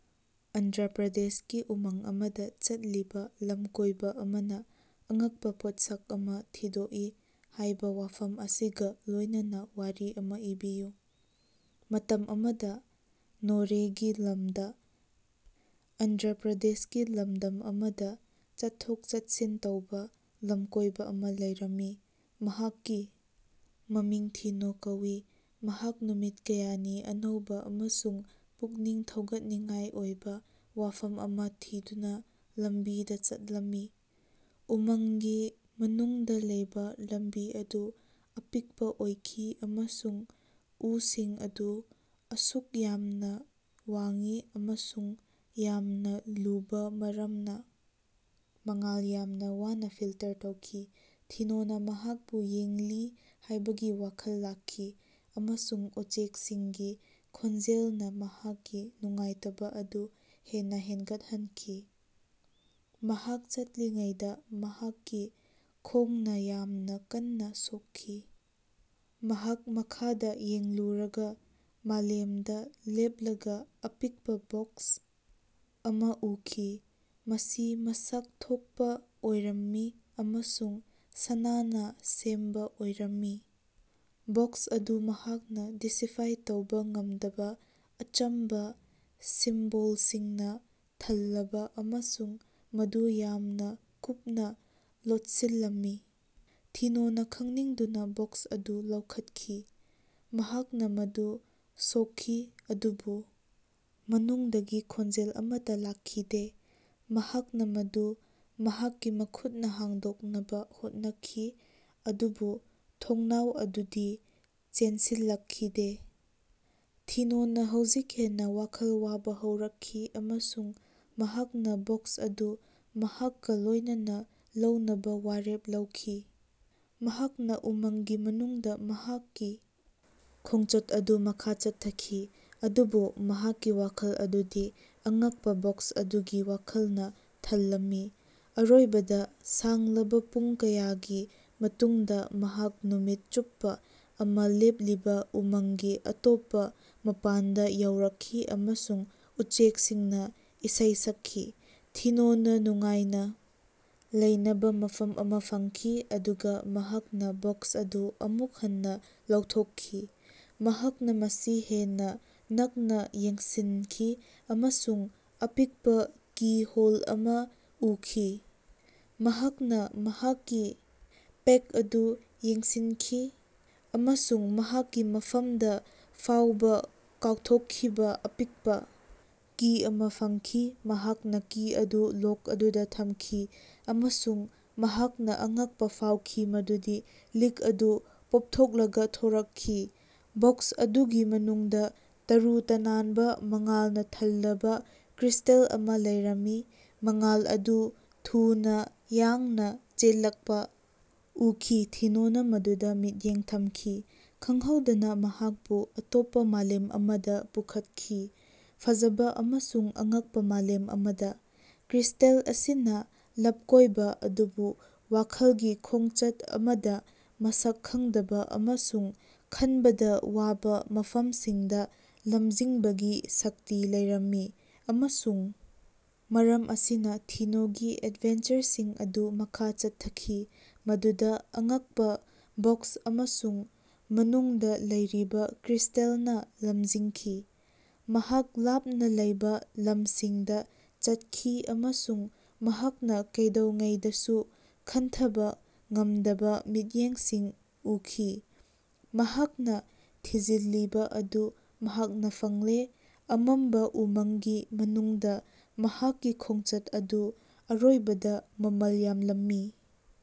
ꯑꯟꯙ꯭ꯔ ꯄ꯭ꯔꯗꯦꯁꯀꯤ ꯎꯃꯪ ꯑꯃꯗꯥ ꯆꯠꯂꯤꯕꯥ ꯂꯃꯀꯣꯏꯕꯥ ꯑꯃꯅꯥ ꯑꯉꯛꯄꯥ ꯄꯣꯠꯁꯛ ꯑꯃꯥ ꯊꯤꯗꯣꯛꯏ ꯍꯥꯏꯕꯥ ꯋꯥꯐꯝ ꯑꯁꯤꯒꯥ ꯂꯣꯏꯅꯅꯥ ꯋꯥꯔꯤ ꯑꯃꯥ ꯏꯕꯤꯌꯨ꯫ ꯃꯇꯝ ꯑꯃꯗꯥ ꯅꯣꯔꯦꯒꯤ ꯂꯝꯗꯥ ꯑꯟꯙ꯭ꯔ ꯄ꯭ꯔꯗꯦꯁꯀꯤ ꯂꯝꯗꯝ ꯑꯃꯗꯥ ꯆꯠꯊꯣꯛ ꯆꯠꯁꯤꯟ ꯇꯧꯕꯥ ꯂꯝꯀꯣꯏꯕꯥ ꯑꯃꯥ ꯂꯩꯔꯝꯃꯤ꯫ ꯃꯍꯥꯛꯀꯤ ꯃꯃꯤꯡ ꯊꯤꯑꯣ ꯀꯧꯏ ꯃꯍꯥꯛ ꯅꯨꯃꯤꯠ ꯀꯌꯥꯅꯤ ꯑꯅꯧꯕꯥ ꯑꯃꯁꯨꯡ ꯄꯨꯛꯅꯤꯡ ꯊꯧꯒꯠꯅꯤꯡꯉꯥꯏ ꯑꯣꯏꯕꯥ ꯋꯥꯐꯝ ꯑꯃꯥ ꯊꯤꯗꯨꯅꯥ ꯂꯝꯕꯤꯗꯥ ꯆꯠꯂꯝꯃꯤ꯫ ꯎꯃꯪꯒꯤ ꯃꯅꯨꯡꯗꯥ ꯂꯩꯕꯥ ꯂꯝꯕꯤ ꯑꯗꯨ ꯑꯄꯤꯛꯄꯥ ꯑꯣꯏꯈꯤ ꯑꯃꯁꯨꯡ ꯎꯁꯤꯡ ꯑꯗꯨ ꯑꯁꯨꯛ ꯌꯥꯝꯅꯥ ꯋꯥꯡꯏ ꯑꯃꯁꯨꯡ ꯌꯥꯝꯅꯥ ꯂꯨꯕꯥ ꯃꯔꯝꯅꯥ ꯃꯉꯥꯜ ꯌꯥꯝꯅꯥ ꯋꯥꯅꯥ ꯐꯤꯜꯇꯔ ꯇꯧꯈꯤ꯫ ꯊꯤꯑꯣꯅꯥ ꯃꯍꯥꯛꯄꯨ ꯌꯦꯡꯂꯤ ꯍꯥꯏꯕꯒꯤ ꯋꯥꯈꯜ ꯂꯥꯛꯈꯤ ꯑꯃꯁꯨꯡ ꯎꯆꯦꯛꯁꯤꯡꯒꯤ ꯈꯣꯟꯖꯦꯜꯅꯥ ꯃꯍꯥꯛꯀꯤ ꯅꯨꯡꯉꯥꯏꯇꯕꯥ ꯑꯗꯨ ꯍꯦꯟꯅꯥ ꯍꯦꯟꯒꯠꯍꯟꯈꯤ꯫ ꯃꯍꯥꯛ ꯆꯠꯂꯤꯉꯩꯗꯥ ꯃꯍꯥꯛꯀꯤ ꯈꯣꯡꯅꯥ ꯌꯥꯝꯅꯥ ꯀꯟꯅꯥ ꯁꯣꯛꯈꯤ꯫ ꯃꯍꯥꯛ ꯃꯈꯥꯗꯥ ꯌꯦꯡꯂꯨꯔꯒꯥ ꯃꯥꯂꯦꯝꯗꯥ ꯂꯦꯞꯂꯒꯥ ꯑꯄꯤꯛꯄꯥ ꯕꯣꯛꯁ ꯑꯃꯥ ꯎꯈꯤ꯫ ꯃꯁꯤ ꯃꯁꯛ ꯊꯣꯛꯄꯥ ꯑꯣꯏꯔꯝꯃꯤ ꯑꯃꯁꯨꯡ ꯁꯅꯥꯅꯥ ꯁꯦꯝꯕꯥ ꯑꯣꯏꯔꯝꯃꯤ꯫ ꯕꯣꯛꯁ ꯑꯗꯨ ꯃꯍꯥꯛꯅꯥ ꯗꯤꯁꯤꯐꯥꯏ ꯇꯧꯕꯥ ꯉꯝꯗꯕꯥ ꯑꯆꯝꯕꯥ ꯁꯤꯝꯕꯣꯜꯁꯤꯡꯅꯥ ꯊꯜꯂꯕꯥ ꯑꯃꯁꯨꯡ ꯃꯗꯨ ꯌꯥꯝꯅꯥ ꯀꯨꯞꯅꯥ ꯂꯣꯠꯁꯤꯜꯂꯝꯃꯤ꯫ ꯊꯤꯑꯣꯅꯥ ꯈꯪꯅꯤꯡꯗꯨꯅꯥ ꯕꯣꯛꯁ ꯑꯗꯨ ꯂꯧꯈꯠꯈꯤ꯫ ꯃꯍꯥꯛꯅꯥ ꯃꯗꯨ ꯁꯣꯛꯈꯤ ꯑꯗꯨꯕꯨ ꯃꯅꯨꯡꯗꯒꯤ ꯈꯣꯟꯖꯦꯜ ꯑꯃꯠꯇꯥ ꯂꯥꯛꯈꯤꯗꯦ꯫ ꯃꯍꯥꯛꯅꯥ ꯃꯗꯨ ꯃꯍꯥꯛꯀꯤ ꯃꯈꯨꯠꯅꯥ ꯍꯥꯡꯗꯣꯛꯅꯕꯥ ꯍꯣꯠꯅꯈꯤ ꯑꯗꯨꯕꯨ ꯊꯣꯡꯅꯥꯎ ꯑꯗꯨꯗꯤ ꯆꯦꯟꯁꯤꯜꯂꯛꯈꯤꯗꯦ꯫ ꯊꯤꯑꯣꯅꯥ ꯍꯧꯖꯤꯛ ꯍꯦꯟꯅꯥ ꯋꯥꯈꯜ ꯋꯥꯕꯥ ꯍꯧꯔꯛꯈꯤ ꯑꯃꯁꯨꯡ ꯃꯍꯥꯛꯅꯥ ꯕꯣꯛꯁ ꯑꯗꯨ ꯃꯍꯥꯛꯀꯥ ꯂꯣꯏꯅꯅꯥ ꯂꯧꯅꯕꯥ ꯋꯥꯔꯦꯞ ꯂꯧꯈꯤ꯫ ꯃꯍꯥꯛꯅꯥ ꯎꯃꯪꯒꯤ ꯃꯅꯨꯡꯗꯥ ꯃꯍꯥꯛꯀꯤ ꯈꯣꯡꯆꯠ ꯑꯗꯨ ꯃꯈꯥ ꯆꯠꯊꯈꯤ ꯑꯗꯨꯕꯨ ꯃꯍꯥꯛꯀꯤ ꯋꯥꯈꯜ ꯑꯗꯨꯗꯤ ꯑꯉꯛꯄꯥ ꯕꯣꯛꯁ ꯑꯗꯨꯒꯤ ꯋꯥꯈꯜꯅꯥ ꯊꯜꯂꯝꯃꯤ꯫ ꯑꯔꯣꯏꯕꯗꯥ ꯁꯥꯡꯂꯕꯥ ꯄꯨꯡ ꯀꯌꯥꯒꯤ ꯃꯇꯨꯡꯗꯥ ꯃꯍꯥꯛ ꯅꯨꯃꯤꯠ ꯆꯨꯞꯄꯥ ꯑꯃꯥ ꯂꯦꯞꯂꯤꯕꯥ ꯎꯃꯪꯒꯤ ꯑꯇꯣꯞꯄꯥ ꯃꯄꯥꯟꯗꯥ ꯌꯧꯔꯛꯈꯤ ꯑꯃꯁꯨꯡ ꯎꯆꯦꯛꯁꯤꯡꯅꯥ ꯏꯁꯩ ꯁꯛꯈꯤ꯫ ꯊꯤꯑꯣꯅꯥ ꯅꯨꯡꯉꯥꯏꯅꯥ ꯂꯩꯅꯕꯥ ꯃꯐꯝ ꯑꯃꯥ ꯐꯪꯈꯤ ꯑꯗꯨꯒꯥ ꯃꯍꯥꯛꯅꯥ ꯕꯣꯛꯁ ꯑꯗꯨ ꯑꯃꯨꯛ ꯍꯟꯅꯥ ꯂꯧꯊꯣꯛꯈꯤ꯫ ꯃꯍꯥꯛꯅꯥ ꯃꯁꯤ ꯍꯦꯟꯅꯥ ꯅꯛꯅꯥ ꯌꯦꯡꯁꯤꯟꯈꯤ ꯑꯃꯁꯨꯡ ꯑꯄꯤꯛꯄꯥ ꯀꯤ ꯍꯣꯜ ꯑꯃꯥ ꯎꯈꯤ꯫ ꯃꯍꯥꯛꯅꯥ ꯃꯍꯥꯛꯀꯤ ꯄꯦꯛ ꯑꯗꯨ ꯌꯦꯡꯁꯤꯟꯈꯤ ꯑꯃꯁꯨꯡ ꯃꯍꯥꯛꯀꯤ ꯃꯐꯝꯗꯥ ꯐꯥꯎꯕꯥ ꯀꯥꯎꯊꯣꯛꯈꯤꯕꯥ ꯑꯄꯤꯛꯄꯥ ꯀꯤ ꯑꯃꯥ ꯐꯪꯈꯤ꯫ ꯃꯍꯥꯛꯅꯥ ꯀꯤ ꯑꯗꯨ ꯂꯣꯛ ꯑꯗꯨꯗꯥ ꯊꯝꯈꯤ ꯑꯃꯁꯨꯡ ꯃꯍꯥꯛꯅꯥ ꯑꯉꯛꯄꯥ ꯐꯥꯎꯈꯤ ꯃꯗꯨꯗꯤ ꯂꯤꯛ ꯑꯗꯨ ꯄꯣꯞꯊꯣꯛꯂꯒꯥ ꯊꯣꯔꯛꯈꯤ꯫ ꯕꯣꯛꯁ ꯑꯗꯨꯒꯤ ꯃꯅꯨꯡꯗꯥ ꯇꯔꯨ ꯇꯅꯥꯟꯕꯥ ꯃꯉꯥꯜꯅꯥ ꯊꯜꯂꯕꯥ ꯀ꯭ꯔꯤꯁ꯭ꯇꯦꯜ ꯑꯃꯥ ꯂꯩꯔꯝꯃꯤ꯫ ꯃꯉꯥꯜ ꯑꯗꯨ ꯊꯨꯅꯥ ꯌꯥꯡꯅꯥ ꯆꯦꯜꯂꯛꯄꯥ ꯎꯈꯤ ꯊꯤꯑꯣꯅꯥ ꯃꯗꯨꯗꯥ ꯃꯤꯠꯌꯦꯡ ꯊꯝꯈꯤ꯫ ꯈꯪꯍꯧꯗꯅꯥ ꯃꯍꯥꯛꯄꯨ ꯑꯇꯣꯞꯄꯥ ꯃꯥꯂꯦꯝ ꯑꯃꯗꯥ ꯄꯨꯈꯠꯈꯤ ꯐꯖꯕꯥ ꯑꯃꯁꯨꯡ ꯑꯉꯛꯄꯥ ꯃꯥꯂꯦꯝ ꯑꯃꯗꯥ꯫ ꯀ꯭ꯔꯤꯁ꯭ꯇꯦꯜ ꯑꯁꯤꯅꯥ ꯂꯞꯀꯣꯏꯕꯥ ꯑꯗꯨꯕꯨ ꯋꯥꯈꯜꯒꯤ ꯈꯣꯡꯆꯠ ꯑꯃꯗꯥ ꯃꯁꯛ ꯈꯪꯗꯕꯥ ꯑꯃꯁꯨꯡ ꯈꯟꯕꯗꯥ ꯋꯥꯕꯥ ꯃꯐꯝꯁꯤꯡꯗꯥ ꯂꯝꯖꯤꯡꯕꯒꯤ ꯁꯛꯇꯤ ꯂꯩꯔꯝꯃꯤ꯫ ꯑꯃꯁꯨꯡ ꯃꯔꯝ ꯑꯁꯤꯅꯥ ꯊꯤꯑꯣꯒꯤ ꯑꯦꯗꯚꯦꯟꯆꯔꯁꯤꯡ ꯑꯗꯨ ꯃꯈꯥ ꯆꯠꯊꯈꯤ ꯃꯗꯨꯗꯥ ꯑꯉꯛꯄꯥ ꯕꯣꯛꯁ ꯑꯃꯁꯨꯡ ꯃꯅꯨꯡꯗꯥ ꯂꯩꯔꯤꯕꯥ ꯀ꯭ꯔꯤꯁ꯭ꯇꯦꯜꯅꯥ ꯂꯝꯖꯤꯡꯈꯤ꯫ ꯃꯍꯥꯛ ꯂꯥꯞꯅꯥ ꯂꯩꯕꯥ ꯂꯝꯁꯤꯡꯗꯥ ꯆꯠꯈꯤ ꯑꯃꯁꯨꯡ ꯃꯍꯥꯛꯅꯥ ꯀꯩꯗꯧꯉꯩꯗꯁꯨ ꯈꯟꯊꯕꯥ ꯉꯝꯗꯕꯥ ꯃꯤꯠꯌꯦꯡꯁꯤꯡ ꯎꯈꯤ꯫ ꯃꯍꯥꯛꯅꯥ ꯊꯤꯖꯤꯜꯂꯤꯕꯥ ꯑꯗꯨ ꯃꯍꯥꯛꯅꯥ ꯐꯪꯂꯦ ꯑꯃꯝꯕꯥ ꯎꯃꯪꯒꯤ ꯃꯅꯨꯡꯗꯥ ꯃꯍꯥꯛꯀꯤ ꯈꯣꯡꯆꯠ ꯑꯗꯨ ꯑꯔꯣꯏꯕꯗꯥ ꯃꯃꯜ ꯌꯥꯝꯂꯝꯃꯤ꯫